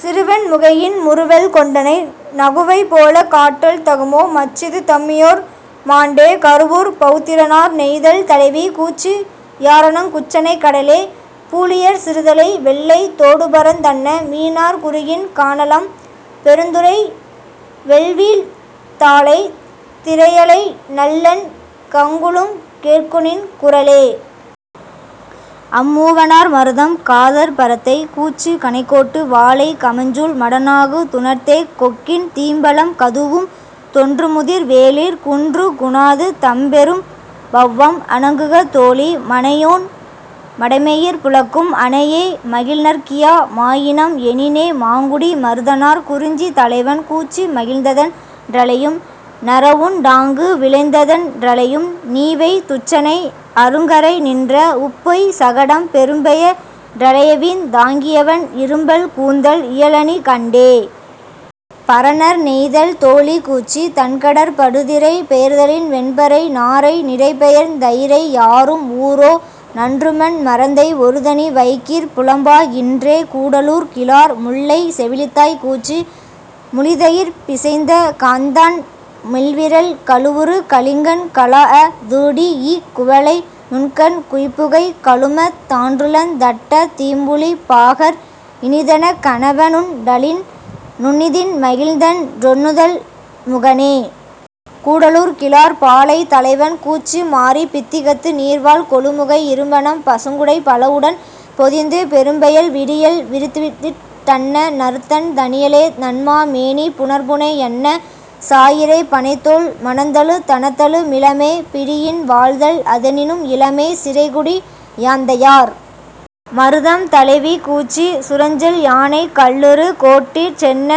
சிறுவெண் முகையின் முறுவல் கொண்டனை நகுவை போலக் காட்டல் தகுமோ மற்றிது தமியோர் மாட்டே. -கருவூர்ப் பவுத்திரனார்.. நெய்தல் தலைவி கூற்று யாரணங் குற்றனை கடலே பூழியர் சிறுதலை வெள்ளைத் தோடுபரந் தன்ன மீனார் குருகின் கானலம் பெருந்துறை வெள்வீத் தாழை திரையலை நள்ளென் கங்குலுங் கேட்குநின் குரலே. -அம்மூவனார்.. மருதம் காதற்பரத்தை கூற்று கணைக்கோட்டு வாளை கமஞ்சூல் மடநாகு துணர்த்தேக் கொக்கின் தீம்பழம் கதூஉம் தொன்றுமுதிர் வேளிர் குன்றூர்க் குணாது தண்பெரும் பவ்வம் அணங்குக தோழி மனையோள் மடமையிற் புலக்கும் அனையே மகிழ்நற்கியா மாயினம் எனினே. -மாங்குடி மருதனார்.. குறிஞ்சி தலைவன் கூற்று மகிழ்ந்ததன் றலையும் நறவுண் டாங்கு விழைந்ததன் றலையும் நீவெய் துற்றனை அருங்கரை நின்ற உப்பொய் சகடம் பெரும்பெய றலையவீந் தாங்கியவள் இரும்பல் கூந்தல் இயலணி கண்டே. -பரணர்.. நெய்தல் தோழி கூற்று தண்கடற் படுதிரை பெயர்த்தலின் வெண்பறை நாரை நிரைபெயர்ந் தயிரை யாரும் ஊரோ நன்றுமன் மரந்தை ஒருதனி வைகிற் புலம்பா கின்றே. -கூடலூர் கிழார்.. முல்லை செவிலித்தாய் கூற்று முளிதயிர் பிசைந்த காந்தண் மெல்விரல் கழுவுறு கலிங்கங் கழாஅ துடீஇக் குவளை யுண்கண் குய்ப்புகை கழுமத் தான்றுழந் தட்ட தீம்புளிப் பாகர் இனிதெனக் கணவ னுண்டலின் நுண்ணிதின் மகிழ்ந்தன் றொண்ணுதல் முகனே. -கூடலூர் கிழார்.. பாலை தலைவன் கூற்று மாரிப் பித்திகத்து நீர்வார் கொழுமுகை இரும்பனம் பசுங்குடைப் பலவுடன் பொதிந்து பெரும்பெயல் விடியல் விரித்துவிட் டன்ன நறுந்தண் ணியளே நன்மா மேனி புனற்புணை யன்ன சாயிறைப் பணைத்தோள் மணத்தலுந் தணத்தலு மிலமே பிரியின் வாழ்தல் அதனினும் இலமே. -சிறைக்குடி யாந்தையார்.. மருதம் தலைவி கூற்று சுரஞ்செல் யானைக் கல்லுறு கோட்டிற் றெற்றென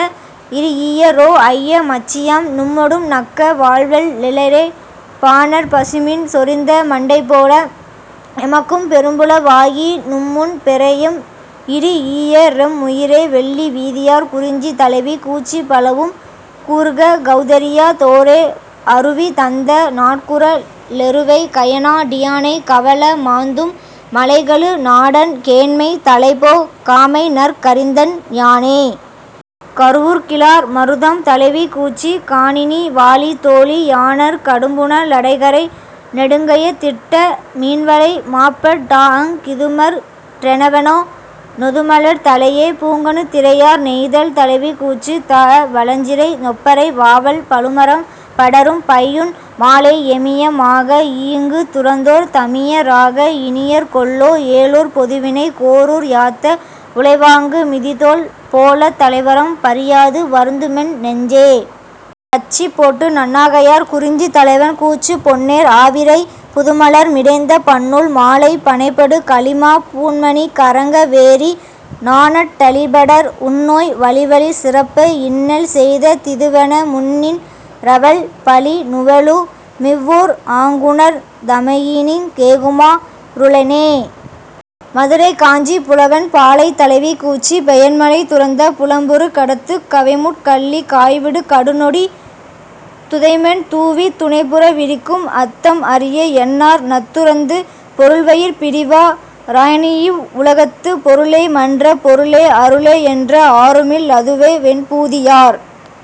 இறீஇயரோ ஐய மற்றியாம் நும்மொடு நக்க வால்வெள் ளெயிறே பாணர், பசுமீன் சொரிந்த மண்டைபோல எமக்கும் பெரும்புல வாகி நும்மும் பெறேஎ இறீஇயரெம் முயிரே. -வெள்ளிவீதியார்.. குறிஞ்சி தலைவி கூற்று பலவும் கூறுகவஃ தறியா தோரே அருவி தந்த நாட்குர லெருவை கயனா டியானை கவள மாந்தும் மலைகெழு நாடன் கேண்மை தலைபோ காமைநற் கறிந்தனென் யானே. -கருவூர்கிழார்.. மருதம் தலைவி கூற்று காணினி வாழி தோழி யாணர்க் கடும்புன லடைகரை நெடுங்கயத் திட்ட மீன்வலை மாப்பட் டாஅங் கிதுமற் றெவனோ நொதுமலர் தலையே. -பூங்கணுத்திரையார்.. நெய்தல் தலைவி கூற்று தாஅ வலஞ்சிறை நொப்பறை வாவல் பழுமரம் படரும் பையுன் மாலை எமிய மாக ஈங்குத் துறந்தோர் தமிய ராக இனியர் கொல்லோ ஏழூர்ப் பொதுவினைக் கோரூர் யாத்த உலைவாங்கு மிதிதோல் போலத் தலைவரம் பறியாது வருந்துமென் னெஞ்சே. -கச்சிப்பேட்டு நன்னாகையார்.. குறிஞ்சி தலைவன் கூற்று பொன்னேர் ஆவிரைப் புதுமலர் மிடைந்த பன்னூல் மாலைப் பனைபடு கலிமாப் பூண்மணி கறங்க வேறி நாணட் டழிபடர் உண்ணோய் வழிவழி சிறப்ப இன்னள் செய்த திதுவென முன்னின் றவள் பழி நுவலு மிவ்வூர் ஆங்குணர்ந் தமையினீங் கேகுமா றுளெனே. -மதுரைக் காஞ்சிப்புலவன்.. பாலை தலைவி கூற்று பெயன்மழை துறந்த புலம்புறு கடத்துக் கவைமுட் கள்ளிக் காய்விடு கடுநொடி துதைமென் தூவித் துணைப்புற விரிக்கும் அத்தம் அரிய என்னார் நத்துறந்து பொருள்வயிற் பிரிவா ராயினிவ் வுலகத்துப் பொருளே மன்ற பொருளே அருளே மன்ற ஆருமில் லதுவே. -வெண்பூதியார்..